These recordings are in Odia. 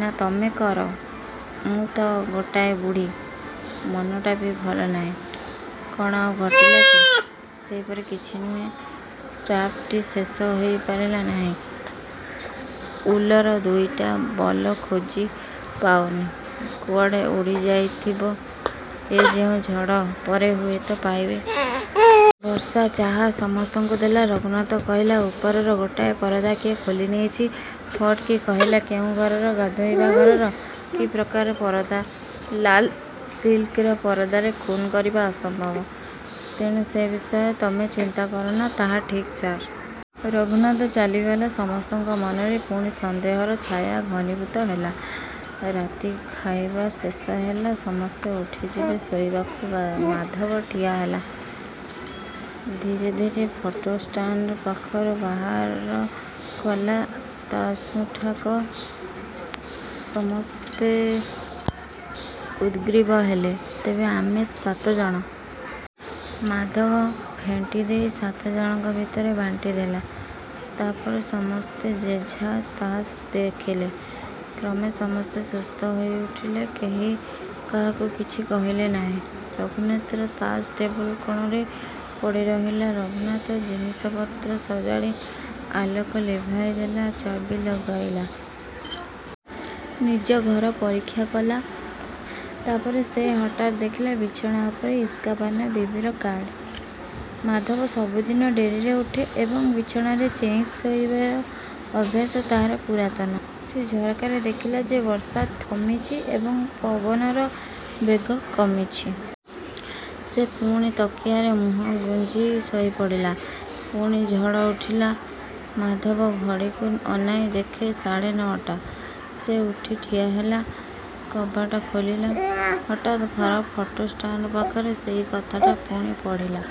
ନା, ତମେ କର। ମୁଁ ତ ଗୋଟାଏ ବୁଢ଼ୀ। ମନଟା ବି ଭଲ ନାହିଁ। କ'ଣ ଆଉ ଘଟିଲା କି? ସେପରି କିଛି ନୁହେଁ। ସ୍କାର୍ଫଟି ଶେଷ ହୋଇପାରିଲା ନାହିଁ। ଉଲର ଦୁଇଟା ବଲ ଖୋଜି ପାଉନି। କୁଆଡ଼େ ଉଡ଼ିଯାଇଥିବ ଏ ଯେଉଁ ଝଡ଼, ପରେ ହୁଏତ ପାଇବେ। ବର୍ଷା ଚାହା ସମସ୍ତଙ୍କୁ ଦେଲା। ରଘୁନାଥ କହିଲା, ଉପରର ଗୋଟାଏ ପରଦା କିଏ ଖୋଲିନେଇଛି। ଫଟ୍କି କହିଲା, କେଉଁ ଘରର? ଗାଧୋଇବା ଘରର। କି ପ୍ରକାର ପରଦା? ଲାଲ ସିଲ୍କର। ପରଦାରେ ଖୁନ୍ କରିବା ଅସମ୍ଭବ, ତେଣୁ ସେ ବିଷୟ ତମେ ଚିନ୍ତା କରନା। ତାହା ଠିକ୍, ସାର୍! ରଘୁନାଥ ଚାଲିଗଲା। ସମସ୍ତଙ୍କ ମନରେ ପୁଣି ସନ୍ଦେହର ଛାୟା ଘନୀଭୂତ ହେଲା। ରାତି ଖାଇବା ଶେଷ ହେଲା। ସମସ୍ତେ ଉଠିଯିବେ ଶୋଇବାକୁ। ମାଧବ ଠିଆହେଲା। ଧୀରେ ଧୀରେ ଫଟୋ ଷ୍ଟାଣ୍ଡ ପାଖରେ ବାହାର କଲା ତାସ୍ ମୁଠାକ। ସମସ୍ତେ ଉଦ୍ଗ୍ରୀବ ହେଲେ। ତେବେ ଆମେ ସାତ ଜଣ? ମାଧବ ଫେଣ୍ଟିଦେଇ ସାତ ଜଣଙ୍କ ଭିତରେ ବାଣ୍ଟିଦେଲା। ତା ପରେ ସମସ୍ତେ ଯେଝା ତାସ୍ ଦେଖିଲେ। କ୍ରମେ ସମସ୍ତେ ସୁସ୍ଥ ହୋଇଉଠିଲେ। କେହି କାହାକୁ କିଛି କହିଲେ ନାହିଁ। ରଘୁନାଥର ତାସ୍ ଟେବୁଲ କୋଣରେ ପଡ଼ିରହିଲା। ରଘୁନାଥ ଜିନିଷପତ୍ର ସଜାଡ଼ି ଆଲୋକ ଲିଭାଇଦେଲା। ଚାବି ଲଗାଇଲା। ନିଜ ଘର ପରୀକ୍ଷା କଲା। ତା ପରେ ସେ ହଠାତ୍ ଦେଖିଲା ବିଛଣା ଉପରେ ଇସ୍କାପାନ ବିବିର କାର୍ଡ଼! ମାଧବ ସବୁଦିନ ଡେରିରେ ଉଠେ ଏବଂ ବିଛଣାରେ ଚେଇଁ ଶୋଇବାର ଅଭ୍ୟାସ ତାହାର ପୁରାତନ। ସେ ଝରକାରେ ଦେଖିଲା ଯେ ବର୍ଷା ଥମିଛି ଏବଂ ପବନର ବେଗ କମିଛି। ସେ ପୁଣି ତକିଆରେ ମୁହଁ ଗୁଞ୍ଜି ଶୋଇପଡ଼ିଲା। ପୁଣି ଝଡ଼ ଉଠିଲା। ମାଧବ ଘଡ଼ିକୁ ଅନାଇ ଦେଖେ ସାଢ଼େ ନଅଟା। ସେ ଉଠି ଠିଆହେଲା। କବାଟ ଖୋଲିଲା। ହଠାତ୍ ଘର ଫଟୋ ଷ୍ଟାଣ୍ଡ ପାଖରେ ସେଇ କଥାଟା ପୁଣି ପଢ଼ିଲା,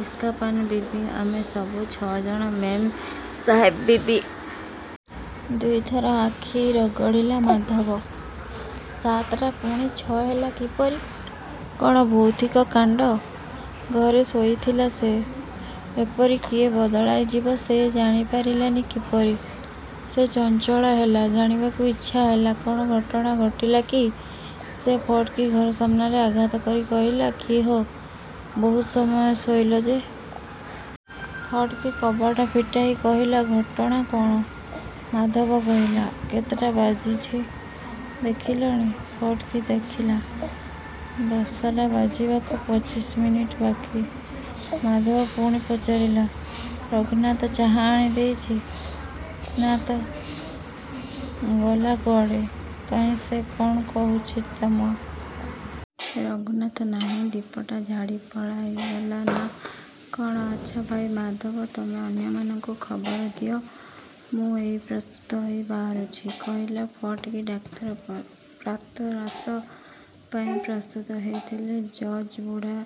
ଇସ୍କାପାନ ବିବି, ଆମେ ସବୁ ଛଅ ଜଣ ମେମ୍ ସାହେବ ବିବି। ଦୁଇ ଥର ଆଖି ରଗଡ଼ିଲା ମାଧବ। ସାତଟା ପୁଣି ଛଅ ହେଲା କିପରି! କ'ଣ ଭୌତିକ କାଣ୍ଡ! ଘରେ ଶୋଇଥିଲା ସେ। ଏପରି କିଏ ବଦଳାଇଯିବ, ସେ ଜାଣିପାରିଲାନି କିପରି? ସେ ଚଞ୍ଚଳ ହେଲା। ଜାଣିବାକୁ ଇଚ୍ଛା ହେଲା, କ'ଣ ଘଟଣା ଘଟିଲା କି? ସେ ଫଟ୍କି ଘର ସାମ୍ନାରେ ଆଘାତ କରି କହିଲା, କିହୋ, ବହୁତ ସମୟ ଶୋଇଲ ଯେ! ଫଟ୍କି କବାଟ ଫିଟାଇ କହିଲା, ଘଟଣା କ'ଣ? ମାଧବ କହିଲା, କେତେଟା ବାଜିଛି ଦେଖିଲଣି! ଫଟିକ୍ ଦେଖିଲା ଦଶଟା ବାଜିବାକୁ ପଚିଶ ମିନିଟ୍ ବାକି। ମାଧବ ପୁଣି ପଚାରିଲା, ରଘୁନାଥ ଚାହା ଆଣି ଦେଇଛି? ନା ତ, ଗଲା କୁଆଡ଼େ? କାହିଁ ସେ? କ'ଣ କହୁଛି ତମ? ରଘୁନାଥ ନାହିଁ। ଦ୍ଵୀପଟା ଛାଡ଼ି ପଳାଇଗଲା ନା କ'ଣ? ଆଚ୍ଛା ଭାଇ ମାଧବ, ତମେ ଅନ୍ୟମାନଙ୍କୁ ଖବର ଦିଅ। ମୁଁ ଏଇ ପ୍ରସ୍ତୁତ ହୋଇ ବାହାରୁଛି, କହିଲା ଫଟ୍କି। ଡାକ୍ତର ପ୍ରାତରାଶ ପାଇଁ ପ୍ରସ୍ତୁତ ହେଉଥିଲେ। ଜଜ୍ ବୁଢ଼ା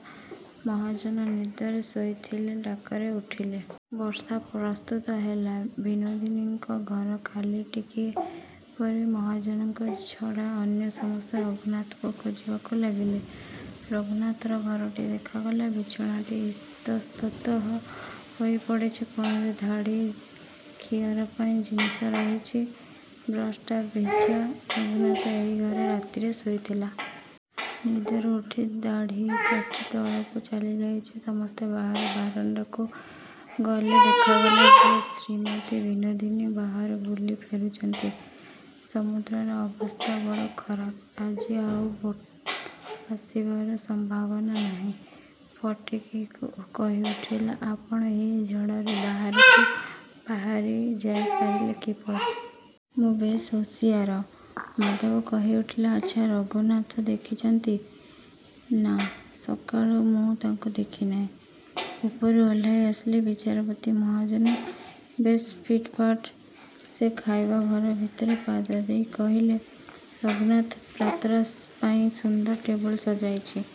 ମହାଜନ ନିଦରେ ଶୋଇଥିଲେ। ଡାକରେ ଉଠିଲେ। ବର୍ଷା ପ୍ରସ୍ତୁତ ହେଲା। ବିନୋଦିନୀଙ୍କ ଘର ଖାଲି। ଟିକିଏ ପରେ ମହାଜନଙ୍କ ଛଡ଼ା ଅନ୍ୟ ସମସ୍ତେ ରଘୁନାଥକୁ ଖୋଜିବାକୁ ଲାଗିଲେ। ରଘୁନାଥର ଘରଟି ଦେଖାଗଲା। ବିଛଣାଟି ଇତସ୍ତତଃ ହୋଇ ପଡ଼ିଛି। କୋଣରେ ଦାଢ଼ି ଖିଅର ପାଇଁ ଜିନିଷ ରହିଛି। ବ୍ରସ୍ ଟା ଭିଜା। ରଘୁନାଥ ଏହି ଘରେ ରାତିରେ ଶୋଇଥିଲା। ନିଦରୁ ଉଠି ଦାଢ଼ି କାଟି ତଳକୁ ଚାଲିଯାଇଛି। ସମସ୍ତେ ବାହାର ବାରଣ୍ଡାକୁ ଗଲେ। ଦେଖାଗଲା ଯେ ଶ୍ରୀମତୀ ବିନୋଦିନୀ ବାହାରୁ ବୁଲି ଫେରୁଛନ୍ତି। ସମୁଦ୍ରର ଅବସ୍ଥା ବଡ଼ ଖରାପ। ଆଜି ଆଉ ବୋଟ ଆସିବାର ସମ୍ଭାବନା ନାହିଁ। ଫଟିକ୍ କହିଉଠିଲା, ଆପଣ ଏ ଝଡ଼ରେ ବାହାରକୁ ବାହାରି ଯାଇପାରିଲେ କିପରି? ମୁଁ ବେଶ୍ ହୁସିଆର। ମାଧବ କହିଉଠିଲା, ଆଚ୍ଛା, ରଘୁନାଥ ଦେଖିଛନ୍ତି? ନା, ସକାଳୁ ମୁଁ ତାକୁ ଦେଖିନାହିଁ। ଉପରୁ ଓହ୍ଲାଇ ଆସିଲେ ବିଚାରପତି ମହାଜନ। ବେଶ୍ ଫିଟଫାଟ। ସେ ଖାଇବା ଘର ଭିତରେ ପାଦ ଦେଇ କହିଲେ, ରଘୁନାଥ ତ ପ୍ରାତରାଶ ପାଇଁ ସୁନ୍ଦର ଟେବୁଲ ସଜାଇଛି।